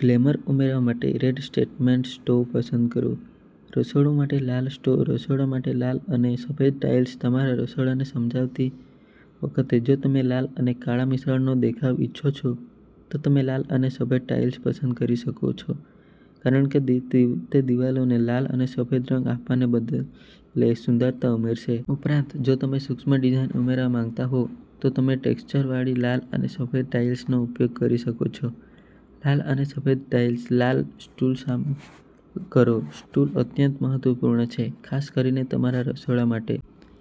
Glamour ઉમેરવા માટે red statement stove પસંદ કરો. રસોડું માટે લાલ સ્ટોવ રસોડા માટે લાલ અને સફેદ ટાઇલ્સ તમારા રસોડાને સજાવતી વખતે જો તમે લાલ અને કાળા મિશ્રણનો દેખાવ ઇચ્છો છો, તો તમે લાલ અને સફેદ ટાઇલ્સ પસંદ કરી શકો છો કારણ કે તે દિવાલોને લાલ અને સફેદ રંગ આપવાને બદલે સુંદરતા ઉમેરશે. ઉપરાંત, જો તમે સૂક્ષ્મ ડિઝાઇન ઉમેરવા માંગતા હો, તો તમે ટેક્ષ્ચરવાળી લાલ અને સફેદ ટાઇલ્સનો સમાવેશ કરી શકો છો. લાલ અને સફેદ ટાઇલ્સ લાલ સ્ટૂલ શામેલ કરો સ્ટૂલ અત્યંત મહત્વપૂર્ણ છે, ખાસ કરીને તમારા રસોડા માટે.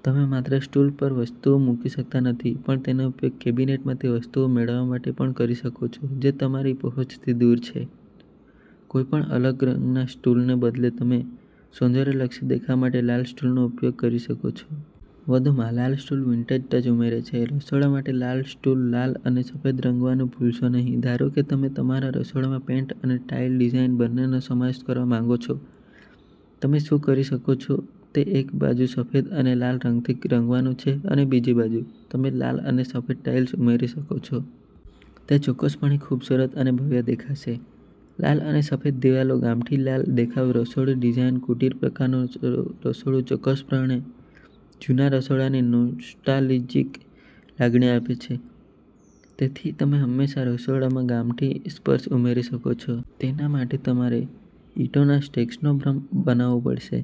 તમે માત્ર સ્ટૂલ પરવસ્તુઓ મૂકી શકતા નથી પણ તેનો ઉપયોગ કેબિનેટમાંથી વસ્તુઓ મેળવવા માટે પણ કરી શકો છો જે તમારી પહોંચથી દૂર છે. કોઈપણ અલગ રંગના સ્ટૂલને બદલે, તમે સૌંદર્યલક્ષી દેખાવ માટે લાલ સ્ટૂલનો સમાવેશ કરી શકો છો. વધુમાં, લાલ સ્ટૂલ વિન્ટેજ ટચ ઉમેરે છે. રસોડા માટે લાલ સ્ટૂલ લાલ અને સફેદ રંગવાનું ભૂલશો નહીં ધારો કે તમે તમારા રસોડામાં પેઇન્ટ અને ટાઇલ ડિઝાઇન બંનેનો સમાવેશ કરવા માંગો છો. તમે શું કરી શકો છો તે એક બાજુ સફેદ અને લાલ રંગથી રંગવાનું છે અને બીજી બાજુ, તમે લાલ અને સફેદ ટાઇલ્સ ઉમેરી શકો છો. તે ચોક્કસપણે ખૂબસૂરત અને ભવ્ય દેખાશે. લાલ અને સફેદ દિવાલો ગામઠી લાલ દેખાવ રસોડું ડિઝાઇન કુટીર-પ્રકારનું રસોડું ચોક્કસપણે જૂના રસોડાની નોસ્ટાલ્જિક લાગણી આપે છે. તેથી, તમે હંમેશા તમારા રસોડામાં ગામઠી સ્પર્શ ઉમેરી શકો છો. તેના માટે, તમારે ઈંટોના સ્ટેક્સનો ભ્રમ બનાવવો પડશે.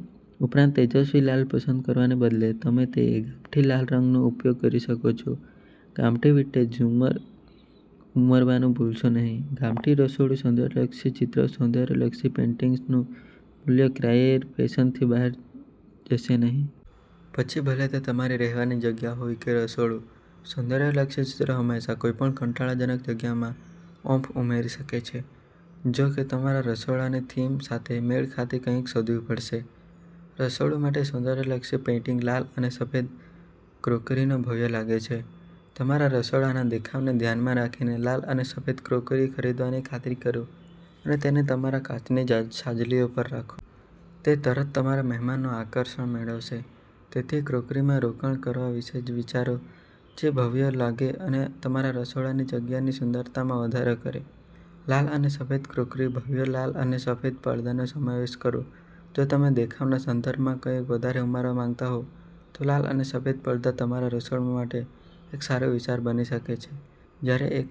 ઉપરાંત, તેજસ્વી લાલ પસંદ કરવાને બદલે, તમે તે ગામઠી લાલ રંગનો સમાવેશ કરી શકો છો. ગામઠી વિન્ટેજ ઝુમ્મર ઉમેરવાનું ભૂલશો નહીં. ગામઠી રસોડું સૌંદર્યલક્ષી ચિત્રો સૌંદર્યલક્ષી પેઇન્ટિંગ્સનું મૂલ્ય ક્યારેય ફેશનની બહાર જશે નહીં. પછી ભલે તે તમારી રહેવાની જગ્યા હોય કે રસોડું, સૌંદર્યલક્ષી ચિત્રો હંમેશા કોઈપણ કંટાળાજનક જગ્યામાં ઓમ્ફ ઉમેરી શકે છે. જો કે, તમારે તમારા રસોડાની થીમ સાથે મેળ ખાતી કંઈક શોધવી પડશે. રસોડું માટે સૌંદર્યલક્ષી પેઇન્ટિંગ લાલ અને સફેદ ક્રોકરીઓ ભવ્ય લાગે છે તમારા રસોડાના દેખાવને ધ્યાનમાં રાખીને, લાલ અને સફેદ ક્રોકરી ખરીદવાની ખાતરી કરો અને તેને તમારા કાચની છાજલીઓ પર રાખો. તે તરતતમારા મહેમાનનું આકર્ષણ મેળવશે. તેથી ક્રોકરીમાં રોકાણ કરવા વિશે વિચારો જે ભવ્ય લાગે અને તમારા રસોડાની જગ્યાની સુંદરતામાં વધારો કરે. લાલ અને સફેદ ક્રોકરી ભવ્ય લાલ અને સફેદ પડદાનો સમાવેશ કરો જો તમે દેખાવના સંદર્ભમાં કંઈક વધારાનું ઉમેરવા માંગતા હોવ તો લાલ અને સફેદ પડદા તમારા રસોડા માટે એક સારો વિચાર બની શકે છે. જ્યારેએક